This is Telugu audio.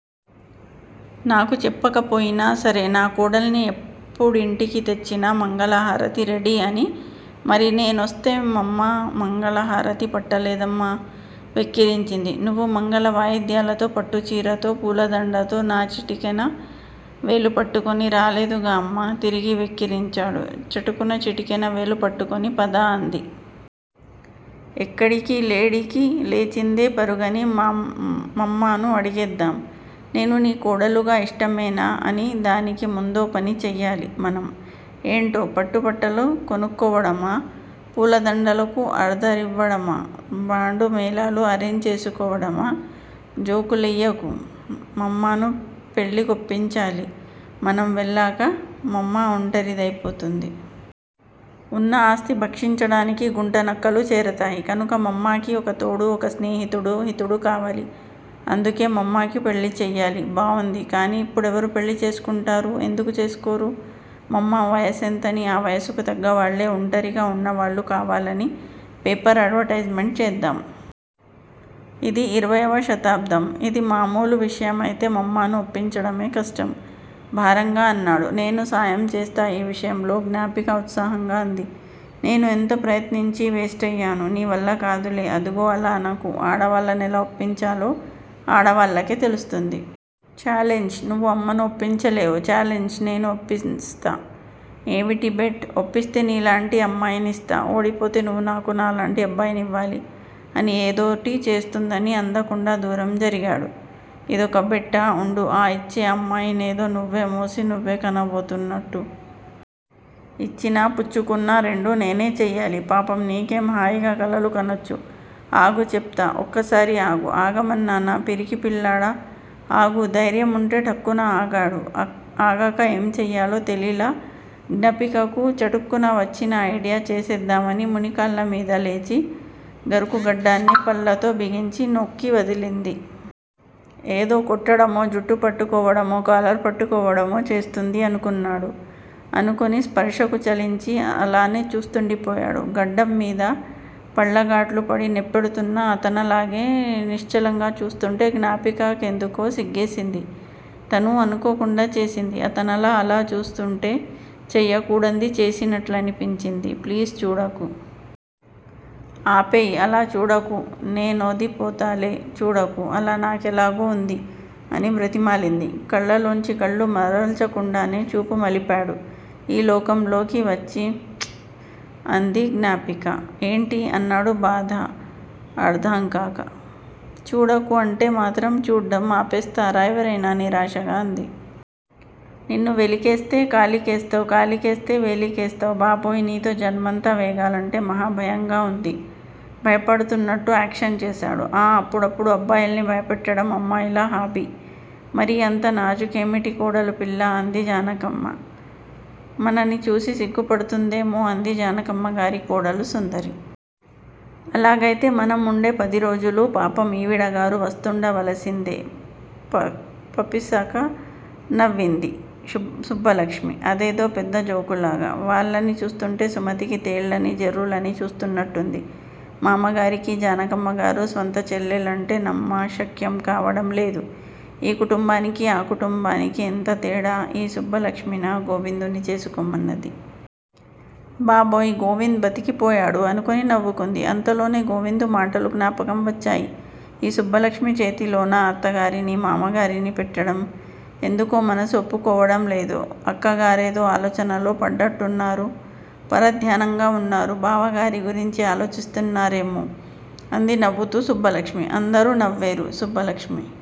నాకు చెప్పకపోయినా సరే నా కోడల్ని ఎప్పుడింటికి తెచ్చినా మంగళహారతి రెడీ' అని! మరి, నేనొస్తే మమ్మా మంగళహారతి పట్టలేదేమ్మా?! వెక్కిరించింది. నువ్వు మంగళవాయిద్యాలతో, పట్టుచీరతో, పూలదందతో, నా చిటికెన వేలు పట్టుకుని రాలేదుగామ్మా! తిరిగి వెక్కిరించాడు. చటుకున్న చిటికెన వేలు పట్టుకుని, పద! అంది. ఎక్కడికీ లేడికి లేచిందే పరుగని?! మమ్మాను అడిగేద్దాం- 'నేను నీ కోడలుగా ఇష్టమేనా ' అని! దానికి ముందో పని చెయ్యాలి మనం! ఏంటో?! పట్టుబట్టల కొనుక్కోవడమా? పూలదండలకు ఆర్దరివ్వడమా? బాండూ, మేళాలు అరేంజ్ చేసుకోవడమా? జోకులెయ్యకు! మమ్మాను పెళ్ళికొప్పించాలి! మనం వెళ్లాక మమ్మా ఒంటరి దయిపోతుంది. ఉన్న ఆస్తి భక్షించడానికి గుంటనక్కలు చేరతాయి. కనుక మమ్మాకి ఒక తోడూ, ఒక స్నేహితుడూ, హితుడు కావాలి! అందుకే మమ్మాకి పెళ్ళి చెయ్యాలి. బావుంది! కానీ, ఇప్పుడెవరు పెళ్ళి చేసుకుంటారు? ఎందుకు చేసుకోరు? మామ్మా వయ సెంతని? ఆ వయసుకు తగ్గవాళ్ళే, ఒంటరిగా ఉన్నవాళ్ళు కావాలని పేపర్ అడ్వటైజ్ మెంట్ చేద్దాం! ఇది ఇరవై వ శతాబ్దం ఇది మామూలు విషయం! అయితే మమ్మాను ఒప్పించడమే కష్టం! భారంగా అన్నాడు. నేనూ సాయం చేస్తా ఈ విషయంలో! జ్ఞాపిక ఉత్సాహంగా అంది. నేను ఎంత ప్రయత్నించీ వేస్టయ్యాను. నీవల్ల కాదులే! అదుగో అలా అనకు! ఆడవాళ్ళనెలా ఒప్పించాలో ఆడవాళ్ళకే తెలుస్తుంది. ఛాలెంజ్! నువ్వు అమ్మను ఒప్పించలేవు. ఛాలెంజ్! నేను ఒప్పిస్తా! ఏవిటి బెట్? ఒప్పిస్తే నీలాంటి అమ్మాయినిస్తా! ఓడిపోతే నువ్వు నాకు నాలాంటి అబ్బాయినివ్వాలి! అని ఏదోటి చేస్తుందని అందకుండా దూరం జరిగాడు. ఇదొక బెట్టా! ఉండు ఆ ఇచ్చే అమ్మాయినేదో నువ్వే మోసి, నువ్వే కనబోతున్నాట్టు! ఇచ్చినా, పుచ్చుకున్నా రెండూ నేనే చెయ్యాలి! పాపం- నీకేం హాయిగా కలలు కనొచ్చు! ఆగు చెప్తా! ఒక్కసారి ఆగు! ఆగమన్నానా పిరికిపిల్లాడా- ఆగు దైర్యం ఉంటే! ఠక్కున ఆగాడు! ఆగాక ఏంచెయ్యాలో తెలీలా గ్నపికకు! చటుక్కున వచ్చిన ఐడియా చేసేద్దామని మునికాళ్ల మీద లేచి గరుకుగడ్డాన్ని పళ్లతో బిగించి నొక్కి వదిలింది. ఏదో కొట్టడమో, జుట్టు పట్టుకోవడమో, కాలర్ పట్టుకోవడమో చేస్తుంది అనుకున్నాడు. అనుకొని స్పర్శకు చలించి అలానే చూస్తుండిపోయాడు. గడ్డంమీద పళ్లగాట్లు పడి నెప్పెడుతున్నా అతనలాగే నిశ్చలంగా చూస్తుంటే జ్ఞాపిక కెందుకో సిగ్గేసింది! తనూ అనుకోకుండా చేసింది. అతనలా, అలా చూస్తూంటే చేయకూడంది చేసినట్లనిపించింది. ప్లీజ్ చూడకూ! ఆ పేయ్ఁ అలా చూడకూ! నేనోదిపోతాలే- చూడకూ అలా! నాకెలాగో ఉంది! అని బ్రతిమాలింది. కళ్ళలోంచి కళ్ళు మరల్చకుండానే చూపు మలిపాడు- ఈ లోకంలోకి వచ్చి. ష్చ్ అంది జ్ఞాపిక. ఏంటి? అన్నాడు బాధ అర్థంకాక. చూడకూ అంటే మాత్రం చూడ్డం ఆపేస్తారా ఎవరయినా?! నిరాశాగా అంది. నిన్నూ! వేలికేస్తే కాలికేస్తావ్, కాలికేస్తే వేలికేస్తావ్! బాబోయ్ఁ నీతో జన్మంతా వేగాలంటే మహా భయంగా ఉంది! భయపడుతున్నట్టు యాక్షన్ చేశాడు. ఆఁ అప్పుడప్పుడు అబ్బాయిల్ని భయపెట్టడం అమ్మాయిల హాబీ! మరీ అంత నాజుకేమిటి కోడలుపిల్లా? అంది జానకమ్మ మనని చూసి సిగ్గు పడుతుందేమో! అంది జానకమ్మగారి కోడలు సుందరి. అలాగయితే మనంవుండే పదిరోజులూ పాపం ఈవిడగారు పస్తుండవలసిందే పపిసకా నవ్వింది సుబ్బలక్ష్మి అదేదో పెద్ద జోకులాగా. వాళ్ళని చూస్తుంటే సుమతికి తేళ్ళనీ, జెర్రులనీ చూస్తూన్నట్టుంది. మామగారికి జానకమ్మగారు స్వంత చేల్లెలంటే నమ్మశక్యం కావడంలేదు. ఈ కుటుంబానికీ ఆ కుటుంబానికీ ఎంతతేడా! ఈ సుబ్బలక్ష్మినా, గోవిందుని చేసుకొమన్నది? బాబోయ్ గోవింద్ బతికిపోయాడు అనుకుని నవ్వుకుంది అంతలోనే గోవిందు మాటలు జ్ఞాపకం వచ్చాయి. ఈ సుబ్బలక్ష్మి చేతిలోనా అత్తగారినీ, మామగారినీ పెట్టడం? ఎందుకో మనసు ఒప్పుకోవడంలేదు. అక్కగారేదో ఆలోచనలో పడ్డట్టున్నారు. పరధ్యానంగా వున్నారు. బావాగారి గురించి ఆలోచిస్తున్నారేమో! అంది నవ్వుతూ సుబ్బలక్ష్మి. అందరూ నవ్వేరు. సుబ్బలక్ష్మి